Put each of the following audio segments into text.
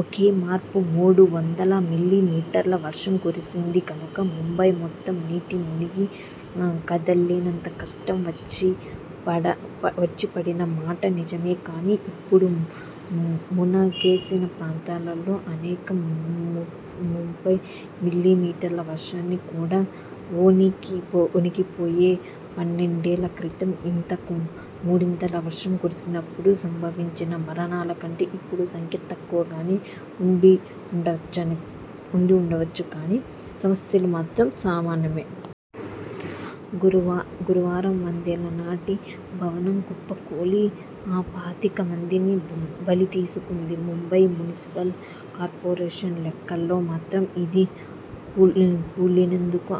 ఒకేమారు మూడువందల మిల్లీమీటర్ల వర్షం కురిసింది కనుక ముంబై మొత్తం నీటమునిగి, కదల్లేనంత కష్టం వచ్చిపడినమాట నిజమే కానీ, ఇప్పుడు మునకేసిన ప్రాంతాల్లో అనేకం ముప్పై మిల్లీమీటర్ల వర్షానికి కూడా వొణికిపోయేవే. పన్నెండేళ్ళ క్రితం ఇంతకు మూడింతల వర్షం కురిసినప్పుడు సంభవించిన మరణాల కంటే ఇప్పుడు సంఖ్య తక్కువగా ఉండివుండవచ్చు కానీ, సమస్యలు మాత్రం సామానమే. గురువారం వందేళ్ళనాటి భవనం కుప్పకూలి పాతికమందిని బలితీసుకుంది. ముంబై మునిసిపల్ కార్పొరేషన్ లెక్కల్లో మాత్రం ఇది కూలినందుకు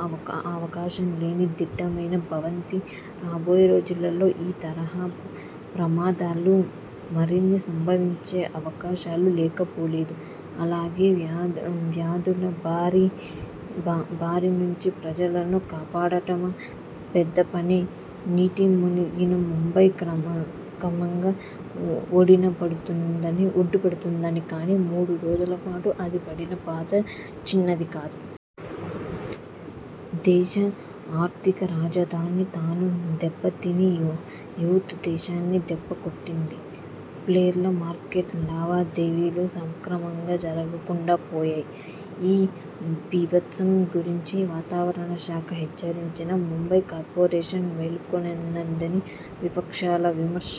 అవకాశంలేని దిట్టమైన భవంతి. రాబోయే రోజులల్లో ఈ తరహా ప్రమాదాలు మరిన్ని సంభవించే అవకాశాలు లేకపోలేదు. అలాగే, వ్యాధుల బారినుంచి ప్రజలను కాపాడటమూ పెద్దపనే. నీటమునిగిన ముంబై క్రమంగా ఒడ్డునపడుతున్నది కానీ, మూడురోజుల పాటు అది పడిన బాధ చిన్నది కాదు. దేశ ఆర్థిక రాజధాని తాను దెబ్బతిని యూత్ దేశాన్ని దెబ్బకొట్టింది. షేర్లమార్కెట్ లావాదేవీలు సక్రమంగా జరగకుండా పోయాయి. ఈ బీభత్సం గురించి వాతావరణ శాఖ హెచ్చరించినా ముంబై కార్పొరేషన్ మేల్కొనలేదన్నది విపక్షాల విమర్శ.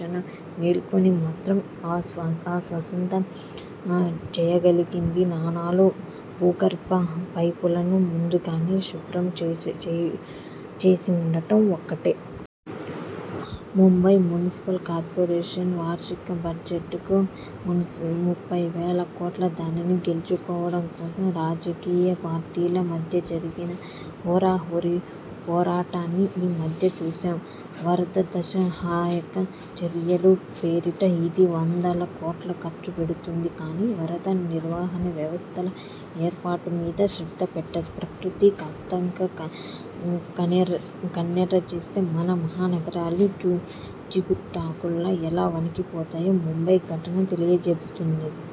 మేల్కొని మాత్రం ఆ సంస్థ చేయగలిగింది నాలాలు, భూగర్భ పైపులను ముందుగానే శుభ్రం చేసివుంచడం ఒక్కటే. ముంబై మునిసిపల్ కార్పొరేషన్ వార్షిక బడ్జెట్ ముప్పైవేల కోట్లు. దానిని గెలుచుకోవడం కోసం రాజకీయపార్టీల మధ్య జరిగిన హోరాహోరీ పోరాటాన్ని ఈ మధ్య చూశాం. వరదసహాయక చర్యల పేరిట ఇది వందలకోట్లు ఖర్చుపెడుతుంది కానీ, వరద నివారణ వ్యవస్థల ఏర్పాటుమీద శ్రద్ధపెట్టదు. ప్రకృతి కాస్తంత కన్నెర్రచేస్తే మన మహానగరాలు చిగురాటుకుల్లా ఎలా వొణికిపోతాయో ముంబై ఘటన తెలియచెబుతున్నది.